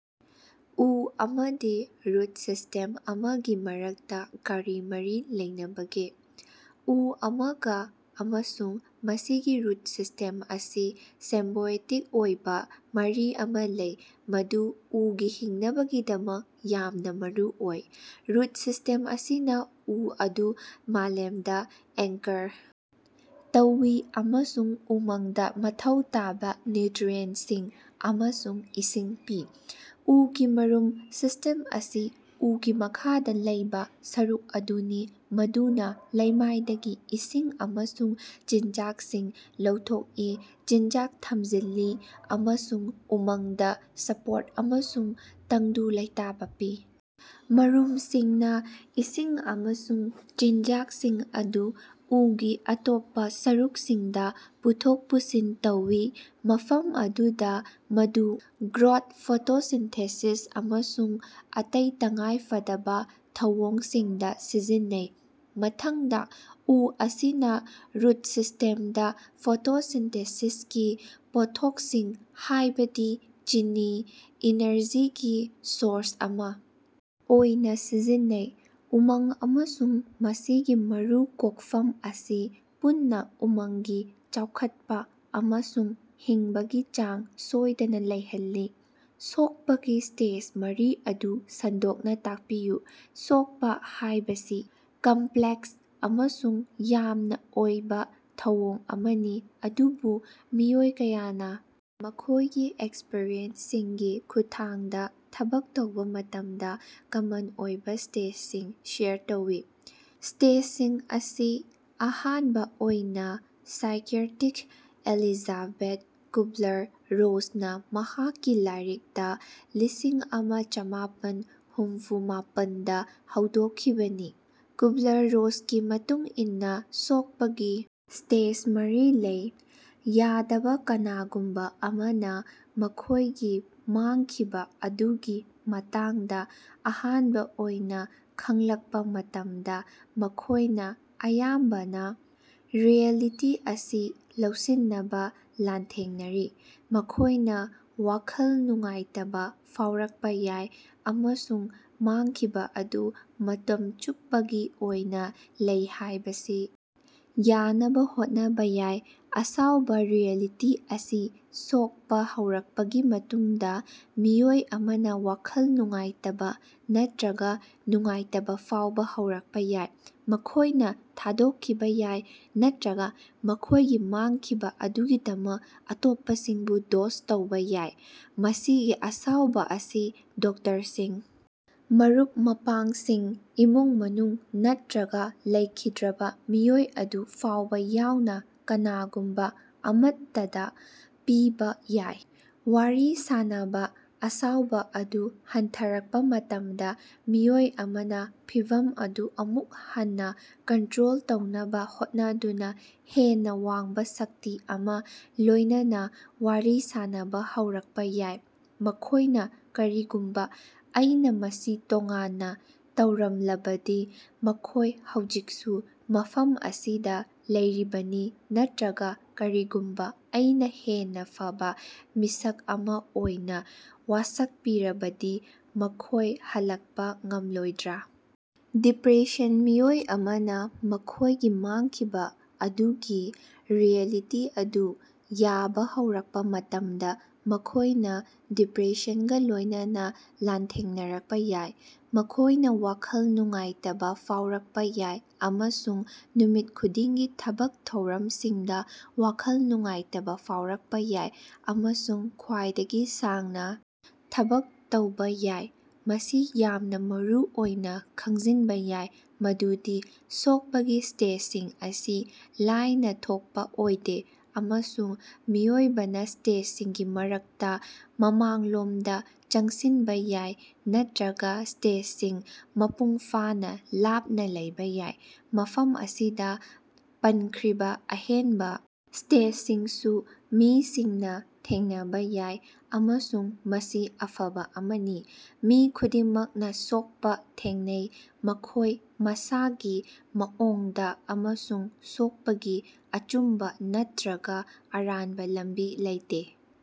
ꯎ ꯑꯃꯗꯤ root system ꯑꯃꯒꯤ ꯃꯔꯛꯇꯥ ꯀꯔꯤ ꯃꯔꯤ ꯂꯩꯅꯕꯒꯦ? ꯎ ꯑꯃꯒꯥ ꯑꯃꯁꯨꯡ ꯃꯁꯤꯒꯤ ꯔꯨꯠ ꯁꯤꯁ꯭ꯇꯦꯝ ꯑꯁꯤ ꯁꯤꯝꯕꯣꯏꯇꯤꯛ ꯑꯣꯏꯕꯥ ꯃꯔꯤ ꯑꯃꯥ ꯂꯩ ꯃꯗꯨ ꯎꯒꯤ ꯍꯤꯡꯅꯕꯒꯤꯗꯃꯛ ꯌꯥꯝꯅꯥ ꯃꯔꯨꯑꯣꯏ꯫ ꯔꯨꯠ ꯁꯤꯁ꯭ꯇꯦꯝ ꯑꯁꯤꯅꯥ ꯎ ꯑꯗꯨ ꯃꯥꯂꯦꯝꯗꯥ ꯑꯦꯡꯀꯔ ꯇꯧꯏ ꯑꯃꯁꯨꯡ ꯎꯃꯪꯗꯥ ꯃꯊꯧ ꯇꯥꯕꯥ ꯅ꯭ꯌꯨꯇ꯭ꯔꯤꯑꯦꯟꯠꯁꯤꯡ ꯑꯃꯁꯨꯡ ꯏꯁꯤꯡ ꯄꯤ꯫ ꯎꯒꯤ ꯃꯔꯨꯝ ꯁꯤꯁ꯭ꯇꯦꯝ ꯑꯁꯤ ꯎꯒꯤ ꯃꯈꯥꯗꯥ ꯂꯩꯕꯥ ꯁꯔꯨꯛ ꯑꯗꯨꯅꯤ ꯃꯗꯨꯅꯥ ꯂꯩꯃꯥꯏꯗꯒꯤ ꯏꯁꯤꯡ ꯑꯃꯁꯨꯡ ꯃꯆꯤꯟꯖꯥꯛꯁꯤꯡ ꯂꯧꯊꯣꯛꯏ ꯆꯤꯟꯖꯥꯛ ꯊꯝꯖꯤꯜꯂꯤ ꯑꯃꯁꯨꯡ ꯎꯃꯪꯗꯥ ꯁꯄꯣꯔꯠ ꯑꯃꯁꯨꯡ ꯇꯪꯗꯨ ꯂꯩꯇꯥꯕꯥ ꯄꯤ꯫ ꯃꯔꯨꯝꯁꯤꯡꯅꯥ ꯏꯁꯤꯡ ꯑꯃꯁꯨꯡ ꯆꯤꯟꯖꯥꯛꯁꯤꯡ ꯑꯗꯨ ꯎꯒꯤ ꯑꯇꯣꯞꯄꯥ ꯁꯔꯨꯛꯁꯤꯡꯗꯥ ꯄꯨꯊꯣꯛ ꯄꯨꯁꯤꯟ ꯇꯧꯏ ꯃꯐꯝ ꯑꯗꯨꯗꯥ ꯃꯗꯨ ꯒ꯭ꯔꯣꯊ ꯐꯣꯇꯣꯁꯤꯟꯊꯦꯁꯤꯁ ꯑꯃꯁꯨꯡ ꯑꯇꯩ ꯇꯉꯥꯏꯐꯗꯕꯥ ꯊꯧꯑꯣꯡꯁꯤꯡꯗꯥ ꯁꯤꯖꯤꯟꯅꯩ꯫ ꯃꯊꯪꯗꯥ ꯎ ꯑꯁꯤꯅꯥ ꯔꯨꯠ ꯁꯤꯁ꯭ꯇꯦꯝꯗꯥ ꯐꯣꯇꯣꯁꯤꯟꯊꯦꯁꯤꯁꯀꯤ ꯄꯣꯠꯊꯣꯛꯁꯤꯡ ꯍꯥꯏꯕꯗꯤ ꯆꯤꯅꯤ ꯏꯅꯔꯖꯤꯒꯤ ꯁꯣꯔꯁ ꯑꯃꯥ ꯑꯣꯏꯅꯥ ꯁꯤꯖꯤꯟꯅꯩ꯫ ꯎꯃꯪ ꯑꯃꯁꯨꯡ ꯃꯁꯤꯒꯤ ꯃꯔꯨꯝ ꯀꯣꯛꯐꯝ ꯑꯁꯤ ꯄꯨꯟꯅꯥ ꯎꯃꯪꯒꯤ ꯆꯥꯎꯈꯠꯄꯥ ꯑꯃꯁꯨꯡ ꯍꯤꯡꯕꯒꯤ ꯆꯥꯡ ꯁꯣꯏꯗꯅꯥ ꯂꯩꯍꯜꯂꯤ꯫ ꯁꯣꯛꯄꯒꯤ ꯁ꯭ꯇꯦꯖ ꯃꯔꯤ ꯑꯗꯨ ꯁꯟꯗꯣꯛꯅꯥ ꯇꯥꯛꯄꯤꯌꯨ꯫ ꯁꯣꯛꯄꯥ ꯍꯥꯏꯕꯁꯤ ꯀꯝꯄ꯭ꯂꯦꯛꯁ ꯑꯃꯁꯨꯡ ꯌꯥꯝꯅꯥ ꯑꯣꯏꯕꯥ ꯊꯧꯑꯣꯡ ꯑꯃꯅꯤ ꯑꯗꯨꯕꯨ ꯃꯤꯑꯣꯏ ꯀꯌꯥꯅꯥ ꯃꯈꯣꯏꯒꯤ ꯑꯦꯛꯁꯄꯔꯤꯌꯦꯟꯁꯁꯤꯡꯒꯤ ꯈꯨꯠꯊꯥꯡꯗꯥ ꯊꯕꯛ ꯇꯧꯕꯥ ꯃꯇꯝꯗꯥ ꯀꯃꯟ ꯑꯣꯏꯕꯥ ꯁ꯭ꯇꯦꯖꯁꯤꯡ ꯁꯦꯌꯔ ꯇꯧꯏ꯫ ꯁ꯭ꯇꯦꯖꯁꯤꯡ ꯑꯁꯤ ꯑꯍꯥꯟꯕꯥ ꯑꯣꯏꯅꯥ ꯁꯥꯏꯀꯤꯌꯥꯇ꯭ꯔꯤꯛ ꯑꯦꯂꯤꯖꯥꯕꯦꯊ ꯀꯨꯕꯂꯔ ꯔꯣꯁꯅꯥ ꯃꯍꯥꯛꯀꯤ ꯂꯥꯏꯔꯤꯛ ꯗꯥ ꯂꯤꯁꯤꯡ ꯑꯃ ꯆꯃꯥꯄꯟ ꯍꯨꯝꯐꯨ ꯃꯥꯄꯟꯗ ꯍꯧꯗꯣꯛꯈꯤꯕꯅꯤ ꯀꯨꯕꯂꯔ ꯔꯣꯁꯀꯤ ꯃꯇꯨꯡ ꯏꯟꯅ ꯁꯣꯛꯄꯒꯤ ꯁ꯭ꯇꯦꯖ ꯃꯔꯤ ꯂꯩ ꯌꯥꯗꯕꯥ ꯀꯅꯥꯒꯨꯝꯕꯥ ꯑꯃꯅꯥ ꯃꯈꯣꯏꯒꯤ ꯃꯥꯡꯈꯤꯕꯥ ꯑꯗꯨꯒꯤ ꯃꯇꯥꯡꯗꯥ ꯑꯍꯥꯟꯕꯥ ꯑꯣꯏꯅꯥ ꯈꯪꯂꯛꯄꯥ ꯃꯇꯝꯗ ꯃꯈꯣꯏꯅꯥ ꯑꯌꯥꯝꯕꯅꯥ ꯔꯤꯑꯦꯂꯤꯇꯤ ꯑꯁꯤ ꯂꯧꯁꯤꯟꯅꯕꯥ ꯂꯥꯟꯊꯦꯡꯅꯔꯤ꯫ ꯃꯈꯣꯏꯅꯥ ꯋꯥꯈꯜ ꯅꯨꯡꯉꯥꯏꯇꯕꯥ ꯐꯥꯎꯔꯛꯄꯥ ꯌꯥꯏ ꯑꯃꯁꯨꯡ ꯃꯥꯡꯈꯤꯕꯥ ꯑꯗꯨ ꯃꯇꯝ ꯆꯨꯞꯄꯒꯤ ꯑꯣꯏꯅꯥ ꯂꯩ ꯍꯥꯏꯕꯁꯤ ꯌꯥꯅꯕꯥ ꯍꯣꯠꯅꯕꯥ ꯌꯥꯏ꯫ ꯑꯁꯥꯎꯕꯥ ꯔꯤꯑꯦꯂꯤꯇꯤ ꯑꯁꯤ ꯁꯣꯛꯄꯥ ꯍꯧꯔꯛꯄꯒꯤ ꯃꯇꯨꯡꯗꯥ ꯃꯤꯑꯣꯏ ꯑꯃꯅꯥ ꯋꯥꯈꯜ ꯅꯨꯡꯉꯥꯏꯇꯕꯥ ꯅꯠꯇ꯭ꯔꯒꯥ ꯅꯨꯡꯉꯥꯏꯇꯕꯥ ꯐꯥꯎꯕꯥ ꯍꯧꯔꯛꯄꯥ ꯌꯥꯏ꯫ ꯃꯈꯣꯏꯅꯥ ꯊꯥꯗꯣꯛꯈꯤꯕꯥ ꯌꯥꯏ ꯅꯠꯇ꯭ꯔꯒꯥ ꯃꯈꯣꯏꯒꯤ ꯃꯥꯡꯈꯤꯕꯥ ꯑꯗꯨꯒꯤꯗꯃꯛ ꯑꯇꯣꯞꯄꯁꯤꯡꯕꯨ ꯗꯣꯁ ꯇꯧꯕꯥ ꯌꯥꯏ꯫ ꯃꯁꯤꯒꯤ ꯑꯁꯥꯎꯕꯥ ꯑꯁꯤ ꯗꯣꯛꯇꯔꯁꯤꯡ ꯃꯔꯨꯞ ꯃꯄꯥꯡꯁꯤꯡ ꯏꯃꯨꯡ ꯃꯅꯨꯡ ꯅꯠꯇ꯭ꯔꯒꯥ ꯂꯩꯈꯤꯗ꯭ꯔꯕꯥ ꯃꯤꯑꯣꯏ ꯑꯗꯨ ꯐꯥꯎꯕꯥ ꯌꯥꯎꯅꯥ ꯀꯅꯥꯒꯨꯝꯕꯥ ꯑꯃꯠꯇꯗꯥ ꯄꯤꯕꯥ ꯌꯥꯏ꯫ ꯋꯥꯔꯤ ꯁꯥꯅꯕꯥ ꯑꯁꯥꯎꯕꯥ ꯑꯗꯨ ꯍꯟꯊꯔꯛꯄꯥ ꯃꯇꯝꯗꯥ ꯃꯤꯑꯣꯏ ꯑꯃꯅꯥ ꯐꯤꯚꯝ ꯑꯗꯨ ꯑꯃꯨꯛ ꯍꯟꯅꯥ ꯀꯟꯇ꯭ꯔꯣꯜ ꯇꯧꯅꯕꯥ ꯍꯣꯠꯅꯗꯨꯅꯥ ꯍꯦꯟꯅꯥ ꯋꯥꯡꯕꯥ ꯁꯛꯇꯤ ꯑꯃꯒꯥ ꯂꯣꯏꯅꯅꯥ ꯋꯥꯔꯤ ꯁꯥꯅꯕꯥ ꯍꯧꯔꯛꯄꯥ ꯌꯥꯏ꯫ ꯃꯈꯣꯏꯅꯥ ꯀꯔꯤꯒꯨꯝꯕꯥ ꯑꯩꯅꯥ ꯃꯁꯤ ꯇꯣꯉꯥꯟꯅꯥ ꯇꯧꯔꯝꯂꯕꯗꯤ ꯃꯈꯣꯏ ꯍꯧꯖꯤꯛꯁꯨ ꯃꯐꯝ ꯑꯁꯤꯗꯥ ꯂꯩꯔꯤꯕꯅꯤ ꯅꯠꯇ꯭ꯔꯒꯥ ꯀꯔꯤꯒꯨꯝꯕꯥ ꯑꯩꯅꯥ ꯍꯦꯟꯅꯥ ꯐꯕꯥ ꯃꯤꯁꯛ ꯑꯃꯥ ꯑꯣꯏꯅꯥ ꯋꯥꯁꯛꯄꯤꯔꯕꯗꯤ ꯃꯈꯣꯏ ꯍꯜꯂꯛꯄꯥ ꯉꯝꯂꯣꯏꯗ꯭ꯔꯥ? ꯗꯤꯄ꯭ꯔꯦꯁꯟ ꯃꯤꯑꯣꯏ ꯑꯃꯅꯥ ꯃꯈꯣꯏꯒꯤ ꯃꯥꯡꯈꯤꯕꯥ ꯑꯗꯨꯒꯤ ꯔꯤꯑꯦꯂꯤꯇꯤ ꯑꯗꯨ ꯌꯥꯕꯥ ꯍꯧꯔꯛꯄꯥ ꯃꯇꯝꯗ ꯃꯈꯣꯏꯅꯥ ꯗꯤꯄ꯭ꯔꯦꯁꯟꯒꯥ ꯂꯣꯏꯅꯅꯥ ꯂꯥꯟꯊꯦꯡꯅꯔꯛꯄꯥ ꯌꯥꯏ꯫ ꯃꯈꯣꯏꯅꯥ ꯋꯥꯈꯜ ꯅꯨꯡꯉꯥꯏꯇꯕꯥ ꯐꯥꯎꯔꯛꯄꯥ ꯌꯥꯏ ꯑꯃꯁꯨꯡ ꯅꯨꯃꯤꯠ ꯈꯨꯗꯤꯡꯒꯤ ꯊꯕꯛ ꯊꯧꯔꯝꯁꯤꯡꯗꯥ ꯋꯥꯈꯜ ꯅꯨꯡꯉꯥꯏꯇꯕꯥ ꯐꯥꯎꯔꯛꯄꯥ ꯌꯥꯏ꯫ ꯑꯃꯁꯨꯡ ꯈ꯭ꯋꯥꯏꯗꯒꯤ ꯁꯥꯡꯅꯥ ꯊꯕꯛ ꯇꯧꯕꯥ ꯌꯥꯏ꯫ ꯃꯁꯤ ꯌꯥꯝꯅꯥ ꯃꯔꯨꯑꯣꯏꯅꯥ ꯈꯪꯖꯤꯟꯕꯥ ꯌꯥꯏ ꯃꯗꯨꯗꯤ ꯁꯣꯛꯄꯒꯤ ꯁ꯭ꯇꯦꯖꯁꯤꯡ ꯑꯁꯤ ꯂꯥꯏꯅꯥ ꯊꯣꯛꯄꯥ ꯑꯣꯏꯗꯦ ꯑꯃꯁꯨꯡ ꯃꯤꯑꯣꯏꯕꯅꯥ ꯁ꯭ꯇꯦꯖꯁꯤꯡꯒꯤ ꯃꯔꯛꯇꯥ ꯃꯃꯥꯡꯂꯣꯝꯗꯥ ꯆꯪꯁꯤꯟꯕꯥ ꯌꯥꯏ ꯅꯠꯇ꯭ꯔꯒꯥ ꯁ꯭ꯇꯦꯖꯁꯤꯡ ꯃꯄꯨꯡ ꯐꯥꯅꯥ ꯂꯥꯞꯅꯥ ꯂꯩꯕꯥ ꯌꯥꯏ꯫ ꯃꯐꯝ ꯑꯁꯤꯗꯥ ꯄꯟꯈ꯭ꯔꯤꯕꯥ ꯑꯍꯦꯟꯕꯥ ꯁ꯭ꯇꯦꯖꯁꯤꯡꯁꯨ ꯃꯤꯁꯤꯡꯅꯥ ꯊꯦꯡꯅꯕꯥ ꯌꯥꯏ ꯑꯃꯁꯨꯡ ꯃꯁꯤ ꯑꯐꯕꯥ ꯑꯃꯅꯤ꯫ ꯃꯤ ꯈꯨꯗꯤꯡꯃꯛꯅꯥ ꯁꯣꯛꯄꯥ ꯊꯦꯡꯅꯩ꯫ ꯃꯈꯣꯏ ꯃꯁꯥꯒꯤ ꯃꯑꯣꯡꯗꯥ ꯑꯃꯁꯨꯡ ꯁꯣꯛꯄꯒꯤ ꯑꯆꯨꯝꯕꯥ ꯅꯠꯇ꯭ꯔꯒꯥ ꯑꯔꯥꯟꯕꯥ ꯂꯝꯕꯤ ꯂꯩꯇꯦ꯫